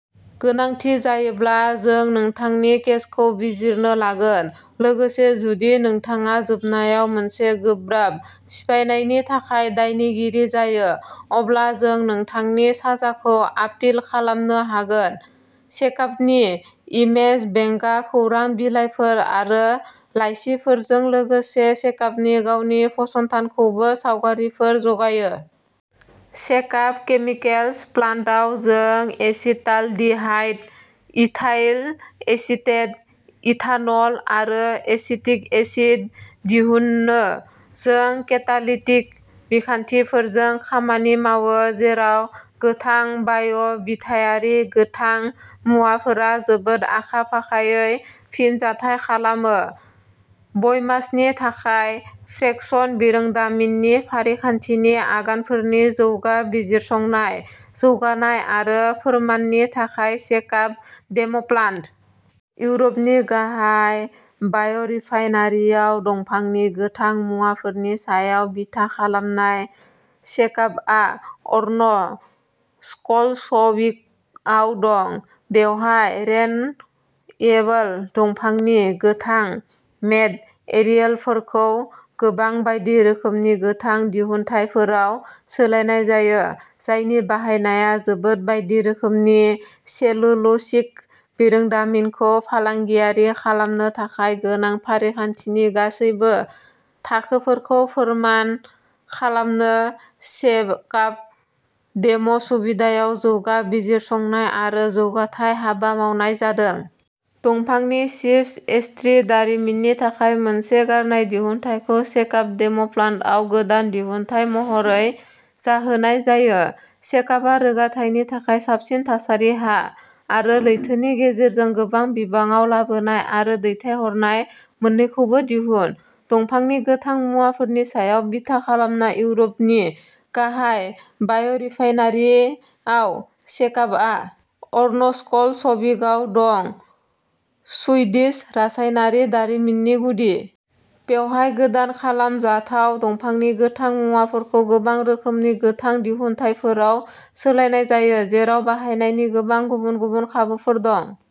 गोनांथि जायोब्ला, जों नोंथांनि केसखौ बिजिरनो लागोन। लोगोसे, जुदि नोंथाङा जोबनायाव मोनसे गोब्राब सिफायनायनि थाखाय दायनिगिरि जायो, अब्ला जों नोंथांनि साजाखौ आपिल खालामनो हागोन। सेकाबनि इमेज बेंकआ खौरां बिलाइफोर आरो लाइसिफोरजों लोगोसे सेकाबनि गावनि फसंथानखौबो सावगारिफोर जगायो। सेकाब केमिकेल्स प्लान्टआव जों एसिटालडिहाइड, इथाइल एसिटेट, इथानल आरो एसिटिक एसिड दिहुनो। जों केतालिटिक बिखान्थिफोरजों खामानि मावो जेराव गोथां बाय'- बिथायारि गोथां मुवाफोरा जोबोद आखा-फाखायै फिनजाथाय खालामो। बायमासनि थाखाय फ्रेकशन बिरोंदामिननि फारिखान्थिनि आगानफोरनि जौगा बिजिरसंनाय, जौगानाय आरो फोरमाननि थाखाय सेकाब डेम'प्लान्ट। इउरपनि गाहाय बाय'रिफाइनारिआव दंफांनि गोथां मुवाफोरनि सायाव बिथा खालामनाय सेकाबआ अर्न-स्कल्ड्सविकआव दं। बेवहाय रेन-वेबल दंफांनि गोथां मेट-एरियेलफोरखौ गोबां बायदि रोखोमनि गोथां दिहुनथायफोराव सोलायनाय जायो, जायनि बाहायनाया जोबोद बायदि रोखोमनि। सेलुल'सिक बिरोंदामिनखौ फालांगियारि खालामनो थाखाय गोनां फारिखान्थिनि गासैबो थाखोफोरखौ फोरमान खालामनो सेकाब डेम'सुबिदायाव जौगा बिजिरसंनाय आरो जौगाथाय हाबा मावनाय जादों। दंफांनि चिप्स, एस्ट्रि दारिमिननि थाखाय मोनसे गारनाय दिहुनथायखौ सेकाब डेम'प्लान्टआव गोदान दिहुनथाय महरै जाहोनाय जायो। सेकाबहा रोगाथायनि थाखाय साबसिन थासारि हा आरो लैथोनि गेजेरजों गोबां बिबाङाव लाबोनाय आरो दैथायहरनाय मोन्नैखौबो दिहुन। दंफांनि गोथां मुवाफोरनि सायाव बिथा खालामनाय इउरपनि गाहाय बाय'रिफाइनारिआव सेकाबआ अर्नस्कल्ड्सविकआव दं-सुइडिश रासायनारि दारिमिननि गुदि। बेवहाय गोदान खालाम जाथाव दंफांनि गोथां मुवाफोरखौ गोबां रोखोमनि गोथां दिहुनथायफोराव सोलायनाय जायो, जेराव बाहायनायनि गोबां गुबुन-गुबुन खाबुफोर दं।